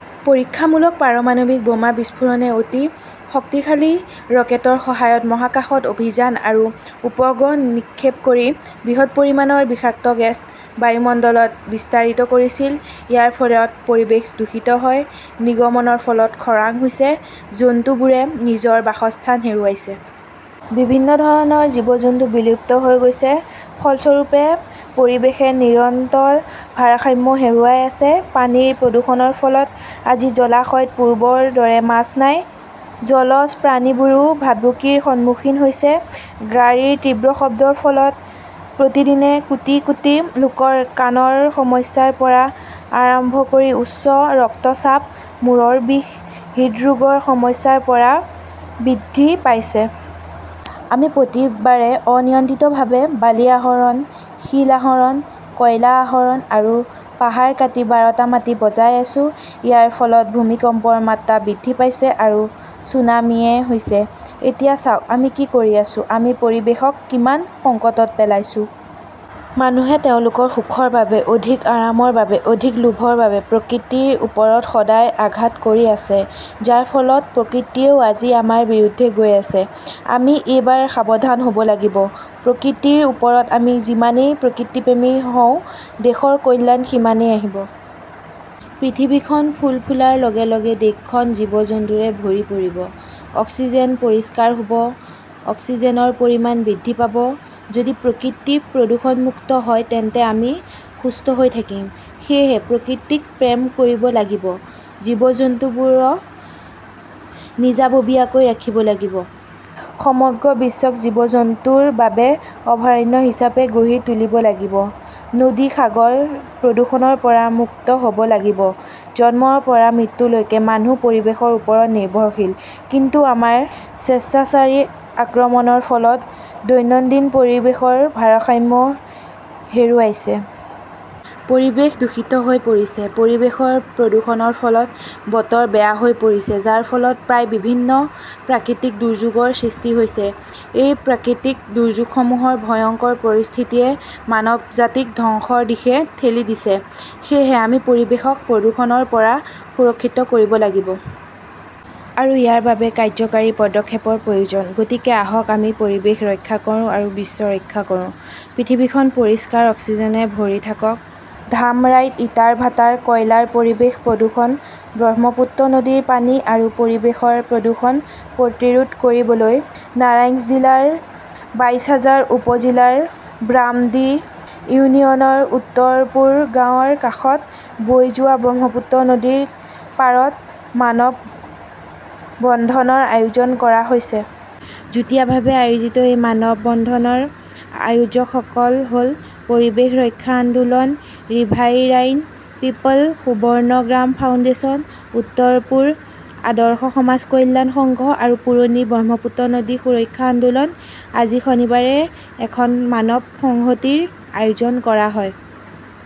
পৰীক্ষামূলক পাৰমাণৱিক বোমা বিস্ফোৰণে অতি শক্তিশালী ৰকেটৰ সহায়ত মহাকাশত অভিযান আৰু উপগ্ৰহ নিক্ষেপ কৰি বৃহৎ পৰিমাণৰ বিষাক্ত গেছ বায়ুমণ্ডলত বিস্তাৰিত কৰিছিল। ইয়াৰ ফলত পৰিৱেশ দূষিত হয়। নিৰ্গমনৰ ফলত খৰাং হৈছে। জন্তুটোবোৰে নিজৰ বাসস্থান হেৰুৱাইছে। বিভিন্ন ধৰণৰ জীৱ-জন্তু বিলুপ্ত হৈ গৈছে। ফলস্বৰূপে, পৰিৱেশে নিৰন্তৰ ভাৰসাম্য হেৰুৱাই আছে। পানীৰ প্ৰদূষণৰ ফলত আজি জলাশয়ত পূৰ্বৰ দৰে মাছ নাই। জলজ প্ৰাণীবোৰো ভাবুকিৰ সন্মুখীন হৈছে। গাড়ীৰ তীব্ৰ শব্দৰ ফলত প্ৰতিদিনে কোটি কোটি লোকৰ কাণৰ সমস্যাৰ পৰা আৰম্ভ কৰি উচ্চ ৰক্তচাপ, মূৰৰ বিষ, হৃদৰোগৰ সমস্যাৰ পৰা বৃদ্ধি পাইছে। আমি প্ৰতিবাৰে অনিয়ন্ত্ৰিতভাৱে বালি আহৰণ, শিল আহৰণ, কয়লা আহৰণ আৰু পাহাৰ কাটি বাৰটা মাটি বজাই আছো। ইয়াৰ ফলত ভূমিকম্পৰ মাত্ৰা বৃদ্ধি পাইছে আৰু ছুনামীয়ে হৈছে ।এতিয়া চাওক আমি কি কৰি আছো। আমি পৰিৱেশক কিমান সংকটত পেলাইছো। মানুহে তেওঁলোকৰ সুখৰ বাবে, অধিক আৰামৰ বাবে, অধিক লোভৰ বাবে প্ৰকৃতিৰ ওপৰত সদায়ে আঘাত কৰি আছে। যাৰ ফলত প্ৰকৃতিয়েও আজি আমাৰ বিৰুদ্ধে গৈ আছে। আমি এইবাৰ সাৱধান হব লাগিব। প্ৰকৃতিৰ ওপৰত আমি যিমানেই প্ৰকৃতিপ্ৰেমী হওঁ, দেশৰ কল্যাণ সিমানেই আহিব। পৃথিৱীখন ফুল ফুলাৰ লগে লগে দেশখন জীৱ-জন্তুৰে ভৰি পৰিব। অক্সিজেন পৰিষ্কাৰ হব। অক্সিজেনৰ পৰিমাণ বৃদ্ধি পাব। যদি প্ৰকৃতি প্ৰদূষণমুক্ত হয় তেন্তে আমি সুস্থ হৈ থাকিম। সেয়েহে প্ৰকৃতিক প্ৰেম কৰিব লাগিব। জীৱ-জন্তুবোৰক নিজাববীয়াকৈ ৰাখিব লাগিব। সমগ্ৰ বিশ্বক জীৱ-জন্তুৰ বাবে অভয়াৰণ্য হিচাপে গঢ়ি তুলিব লাগিব। নদী, সাগৰ প্ৰদূষণৰ পৰা মুক্ত হ 'ব লাগিব। জন্মৰ পৰা মৃত্যুলৈকে মানুহ পৰিৱেশৰ ওপৰত নিৰ্ভৰশীল। কিন্তু আমাৰ স্বেচ্ছাচাৰী আক্ৰমণৰ ফলত দৈনন্দিন পৰিৱেশৰ ভাৰসাম্য হেৰুৱাইছে। পৰিৱেশ দূষিত হৈ পৰিছে। পৰিৱেশৰ প্ৰদূষণৰ ফলত বতৰ বেয়া হৈ পৰিছে, যাৰ ফলত প্ৰায় বিভিন্ন প্ৰাকৃতিক দুৰ্যোগৰ সৃষ্টি হৈছে। এই প্ৰাকৃতিক দুৰ্যোগসমূহৰ ভয়ংকৰ পৰিস্থিতিয়ে মানৱজাতিক ধ্বংসৰ দিশে ঠেলি দিছে। সেয়েহে আমি পৰিৱেশক প্ৰদূষণৰ পৰা সুৰক্ষিত কৰিব লাগিব। আৰু ইয়াৰ বাবে কাৰ্যকৰী পদক্ষেপৰ প্ৰয়োজন। গতিকে আহক আমি পৰিৱেশ ৰক্ষা কৰোঁ আৰু বিশ্ব ৰক্ষা কৰোঁ। পৃথিৱীখন পৰিষ্কাৰ অক্সিজেনৰে ভৰি থাকক। ধামৰাইত ইটাৰ ভাটাৰ কয়লাৰ পৰিৱেশ প্ৰদূষণ 'ব্ৰহ্মপুত্ৰ নদীৰ পানী আৰু পৰিৱেশৰ প্ৰদূষণ প্ৰতিৰোধ কৰিবলৈ নাৰাংইজ জিলাৰ বাইশ হাজাৰ উপ-জিলাৰ ব্ৰামণ্ডী ইউনিয়নৰ উত্তৰপুৰ গাঁৱৰ কাষত বৈ যোৱা ব্ৰহ্মপুত্ৰ নদীৰ পাৰত মানৱ বন্ধনৰ আয়োজন কৰা হৈছিল। যুটীয়াভাৱে আয়োজিত এই মানৱ বন্ধনৰ আয়োজকসকল হ'ল পৰিৱেশ ৰক্ষা আন্দোলন, riverine people, Subarnagram foundation, Uttarpur আদৰ্শ সমাজ কল্যাণ সংঘ আৰু পুৰণি ব্ৰহ্মপুত্ৰ নদী সুৰক্ষা আন্দোলন। আজি শনিবাৰে এখন মানৱ সংহতিৰ আয়োজন কৰা হয়।